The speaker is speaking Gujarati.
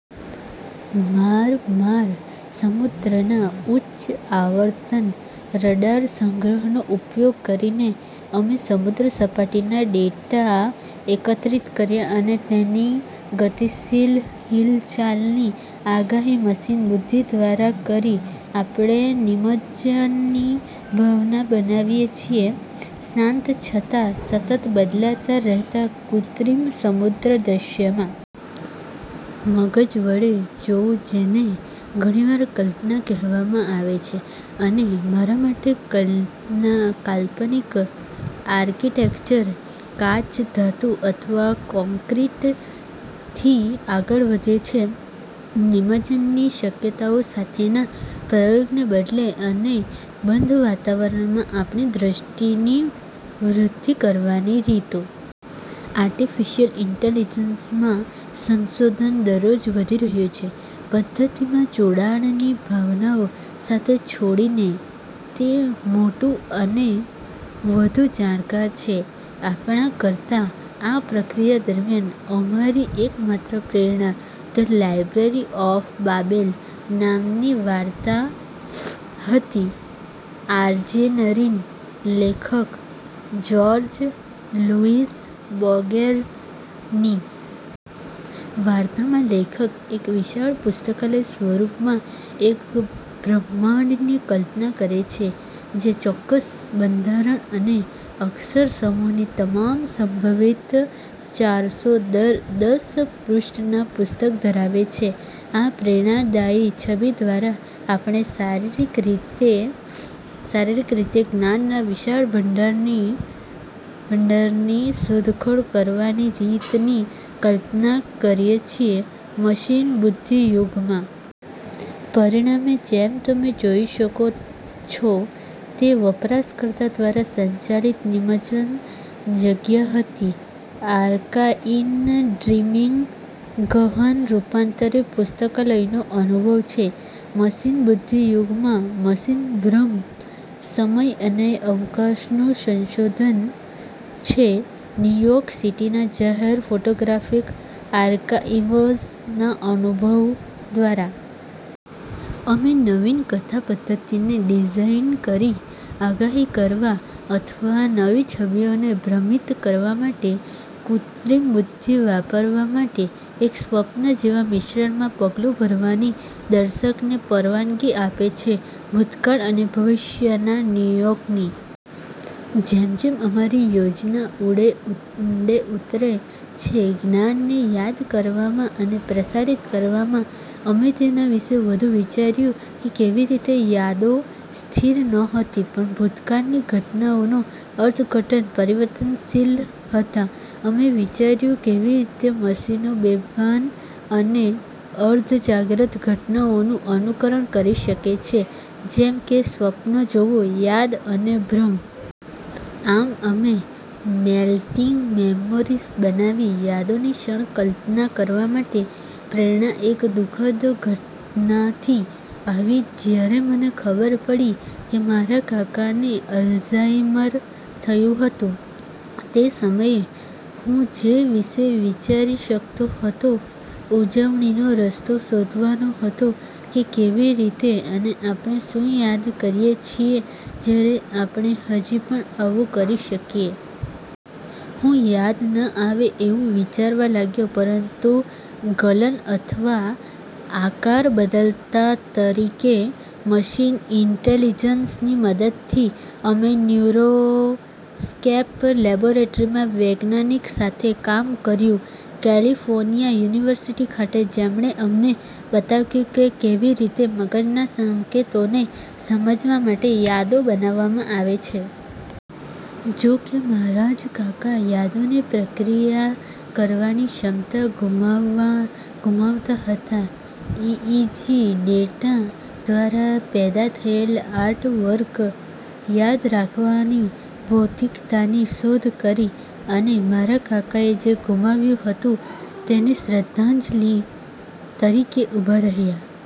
મારમાર સમુદ્રના ઉચ્ચ-આવર્તન રડાર સંગ્રહનો ઉપયોગ કરીને અમે સમુદ્ર સપાટીના ડેટા એકત્રિત કર્યા અને તેની ગતિશીલ હિલચાલની આગાહી મશીન બુદ્ધિ દ્વારા કરી. આપણે નિમજ્જનની ભાવના બનાવીએ છીએ શાંત છતાં સતત બદલાતા રહેતા કૃત્રિમ સમુદ્ર દૃશ્યમાં. મગજ વડે જોવું જેને ઘણીવાર કલ્પના કહેવામાં આવે છે, અને મારા માટે, કાલ્પનિક આર્કિટેક્ચર કાચ, ધાતુ અથવા કોંક્રિટથી આગળ વધે છે, નિમજ્જનની શક્યતાઓ સાથેના પ્રયોગ ને બદલે અને બંધ વાતાવારણમાં આપણી દ્રષ્ટિની વૃદ્ધિ કરવાની રીતો. આર્ટિફિશિયલ ઇન્ટેલિજન્સમાં સંશોધન દરરોજ વધી રહ્યું છે, પદ્ધતિમાં જોડાણ ની ભાવનાઓ સાથે છોડી તે મોટું અને વધુ જાણકાર છે આપણા કરતા. આ પ્રક્રિયા દરમિયાન અમારી એકમાત્ર પ્રેરણા "ધ લાઇબ્રેરી ઓફ બાબેલ" નામની વાર્તા હતી આર્જેનરીન લેખક જ્યોર્જ લુઈસ બોર્ગેઝ ની. વાર્તામાં લેખક એક વિશાળ પુસ્તકાલય સ્વરૂપમાં એક બ્રહ્માંડની કલ્પના કરે છે જે ચોક્કસ બંધારણ અને અક્ષર સમૂહની તમામ સંભવિત ચારસો દસ પૃષ્ઠના પુસ્તક ધરાવે છે. આ પ્રેરણાદાયી છબી દ્વારા, આપણે શારીરિક રીતે શારીરિક રીતે જ્ઞાનના વિશાળ ભંડારની ભંડારની શોધખોળ કરવાની રીતની કલ્પના કરીએ છીએ, મશીન બુદ્ધિ યુગમાં. પરિણામે, જેમ તમે જોઈ શકો છો, તે વપરાશકર્તા દ્વારા સંચાલિત નિમજ્જન જગ્યા હતી. "આર્કાઇવ ડ્રીમીંગ" ગહન રૂપાંતરિત પુસ્તકાલયનો અનુભવ છે મશીન બુદ્ધિ યુગમાં. "મશીન ભ્રમ" સમય અને અવકાશનું સંશોધન છે ન્યૂ યોર્ક સિટીના જાહેર ફોટોગ્રાફિક આર્કાઇવ્સના અનુભવ દ્વારા. અમે નવીન કથા પદ્ધતિને ડિઝાઇન કરી આગાહી કરવા અથવા નવી છબીઓને ભ્રમિત કરવા માટે કૃત્રિમ બુદ્ધિ વાપરવા માટે, એક સ્વપ્ન જેવા મિશ્રણ માં પગલું ભરવાની દર્શકને પરવાનગી આપે છે ભૂતકાળ અને ભવિષ્યના ન્યૂયોર્ક ની. જેમ જેમ અમારી યોજના ઊંડે ઉતરે છે જ્ઞાનને યાદ કરવામાં અને પ્રસારિત કરવામાં, અમે તેના વિશે વધુ વિચાર્યું કે કેવીરીતે યાદો સ્થિર નહોતી પણ ભૂતકાળની ઘટનાઓનો અર્થઘટન પરિવર્તનશીલ હતા. અમે વિચાર્યું કેવી રીતે મશીનો બેભાન અને અર્ધજાગ્રત ઘટનાઓનું અનુકરણ કરી શકે છે, જેમ કે સ્વપ્ન જોવું, યાદ અને ભ્રમ. આમ, અમે "મેલ્ટીંગ મેમોરીઝ" બનાવી યાદોની ક્ષણ કલ્પના કરવા માટે. પ્રેરણા એક દુ: ખદ ઘટનાથી આવી, જ્યારે મને ખબર પડી કે મારા કાકાને અલ્ઝાઇમર થયું હતું. તે સમયે, હું જે વિશે વિચારી શકતો હતો ઉજવણીનો રસ્તો શોધવાનો હતો કે કેવી રીતે અને આપણે શું યાદ કરીએ છીએ જ્યારે આપણે હજી પણ આવું કરી શકીએ. હું યાદ ન આવે તેવું વિચારવા લાગ્યો પરંતુ ગલન અથવા આકાર બદલતા તરીકે. મશીન ઇન્ટેલિજન્સની મદદથી, અમે ન્યુરોસ્કેપ લેબોરેટરીમાં વૈજ્ઞાનીક સાથે કામ કર્યું કેલિફોર્નિયા યુનિવર્સિટી ખાતે, જેમણે અમને બતાવ્યું કે કેવી રીતે મગજના સંકેતોને સમજવા માટે યાદો બનાવવામાં આવે છે. જોકે મારા જ કાકા યાદોને પ્રક્રિયા કરવાની ક્ષમતા ગુમાવતા હતા, ઇઇજી ડેટા દ્વારા પેદા થયેલ આર્ટવર્ક યાદ રાખવાની ભૌતિકતાની શોધ કરી અને મારા કાકાએ જે ગુમાવ્યું હતું તેની શ્રદ્ધાંજલિ તરીકે ઉભા રહ્યા.